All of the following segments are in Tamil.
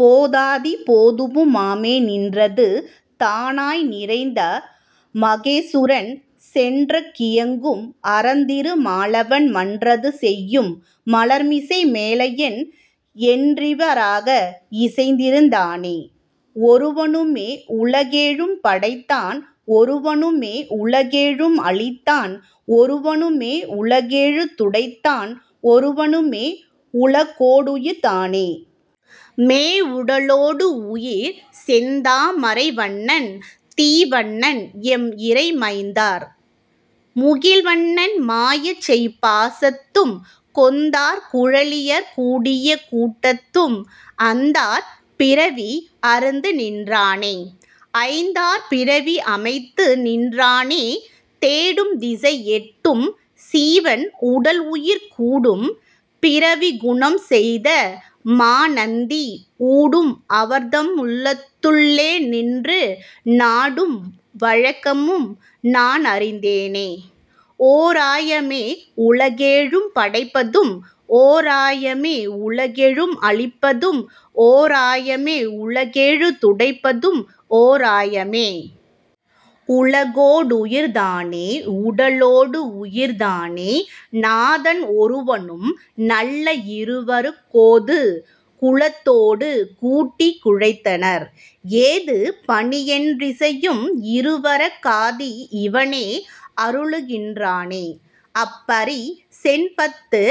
போதாதி போதமு மாமே நின்றது தானாய் நிறைந்த மகேசுரன் சென்றங் கியங்கும் அரந்திரு மாலவன் மன்றது செய்யும் மலர்மிசை மேலயன் என்றிவ ராக இசைந்திருந் தானே ஒருவனு மேஉல கேழும் படைத்தான் ஒருவனு மேஉல கேழும் அளித்தான்। ஒருவனு மேஉல கேழுந் துடைத்தான் ஒருவனு.. மேஉல கோடுயிர் தானே.. மேஉடலோடுயிர் செந்தா மரைவண்ணன் தீவண்ணன் எம் இறை மைந்தார் முகில்வண்ணன் மாயஞ்செய் பாசத்தும் கொந்தார் குழலியர் கூடிய கூட்டத்தும்.. அந்தார் பிறவி அறுத்துநின் றானே.. ஐந்தார் பிறவி அமைத்து நின்றானே தேடுந் திசைஎட்டுஞ் சீவன் உடல்உயிர் கூடும் பிறவிக் குணஞ்செய்த மாநந்தி ஊடும் அவர்தம் துள்ளத்துள் ளேநின்று நாடும் வழக்கமும் நான்அறிந் தேனே ஓராய மேஉல கேழும் படைப்பதும் ஓராய மேஉல கேழும் அளிப்பதும் ஓராய மேஉல கேழுந் துடைப்பதும் ஓராய மே.. உல கோடுயிர் தானே.. உடலோடுயிர் தானே நாதன் ஒருவனும் நல்ல இருவருங் கோது குலத்தொடுங் கூட்டிக் குழைத்தனர் ஏது பணியென் றிசையும் இருவருக் காதி இவனே அருளுகின் றானே அப்பரி செண்பத்து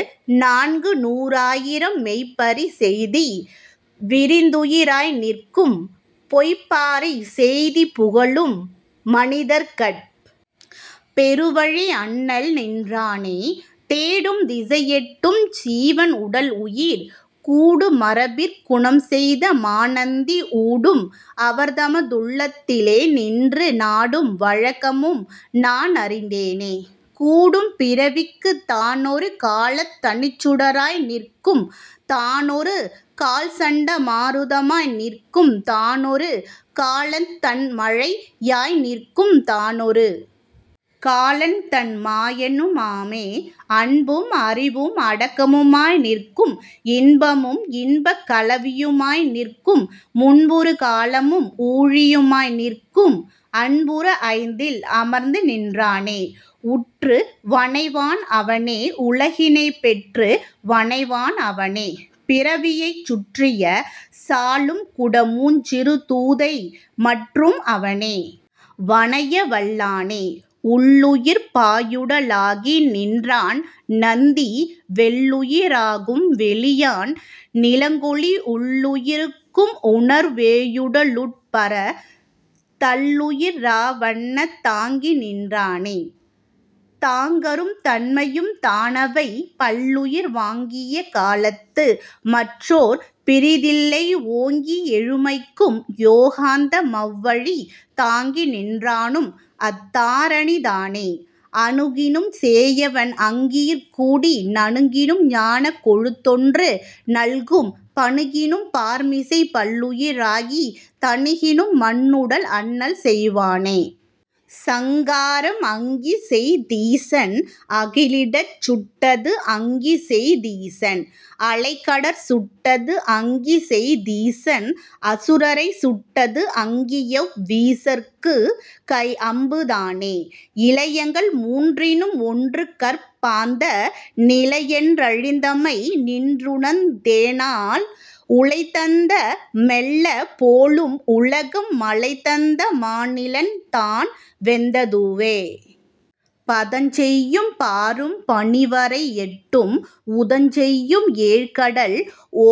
நான்குநூ றாயிரம் மெய்ப்பரி செய்தி விரிந்துயி ராய்நிற்கும் பொய்ப்பரி செய்திப் புகலும் மனிதர்கட் பெருவழி அண்ணல் நின்றானே தேடுந் திசைஎட்டுஞ் சீவன் உடல்உயிர்.. கூடு மரபிற் குணஞ்செய்த மாநந்தி ஊடும் அவர்தம துள்ளத்து ளேநின்று நாடும் வழக்கமும் நான்அறிந் தேனே.. கூடும்பிறவிக் தானொரு காலந் தனிச்சுட ராய்நிற்குந் தானொரு கால்சண்ட மாருத மாய்நிற்குந் தானொரு காலந் தண்மழை யாய்நிற்குந் தானொரு காலந்தண் மாயனு மாமே அன்பும் அறிவும் அடக்கமு மாய்நிற்கும் இன்பமும் இன்பக் கலவியு மாய்நிற்கும் முன்புறு காலமும் ஊழியு மாய்நிற்கும் அன்புற ஐந்தில் அமர்ந்துநின் றானே உற்று வனைவான் அவனே உலகினைப் பெற்று வனைவான் அவனே பிறவியைச் சுற்றிய சாலுங் குடமுஞ் சிறுதூதை மற்றும் அவனே வனையவல் லானே உள்ளுயிர்ப் பாயுட லாகிநின் றான்நந்தி வெள்ளுயி ராகும் வெளியான் நிலங்கொளி உள்ளுயிர்க் கும்உணர் வேயுட லுட்பரந் தள்ளுயி ராவண்ணந் தாங்கிநின் றானே தாங்கருந் தன்மையுந் தானவை பல்லுயிர் வாங்கிய காலத்து மற்றோர் பிறிதில்லை ஓங்கி எழுமைக்கும் யோகாந்த மவ்வழி தாங்கிநின் றானும்அத் தாரணி தானே அணுகினுஞ் சேயவன் அங்கியிற் கூடி நணுகினும் ஞானக் கொழுந்தொன்று நல்கும் பணுகினும் பார்மிசைப் பல்லுயி ராகித் தணிகினும் மண்ணுடல் அண்ணல்செய் வானே.. சங்காரம் அங்கிசெய் தீசன் அகலிடஞ் சுட்டது அங்கிசெய் தீசன் அலைகடற் சுட்டது அங்கிசெய் தீசன் அசுரரைச் சுட்டது அங்கியவ் வீசற்குக் கைஅம்பு தானே இலயங்கள் மூன்றினும் ஒன்றுகற் பாந்த நிலையன் றழிந்தமை நின்றுணர்ந் தேனால் உலைதந்த மெல்லா போலும் உலகம் மலைதந்த மானிலந் தான்வெந் ததுவே பதஞ்செய்யும் பாரும் பனிவரை எட்டும் உதஞ்செய்யும் ஏழ்கடல்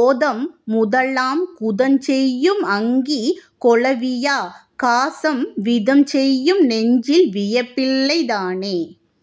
ஓதம் முதலாங் குதஞ்செய்யும் அங்கி கொளுவியா காசம் விதஞ்செய்யும் நெஞ்சில் வியப்பில்லை தானே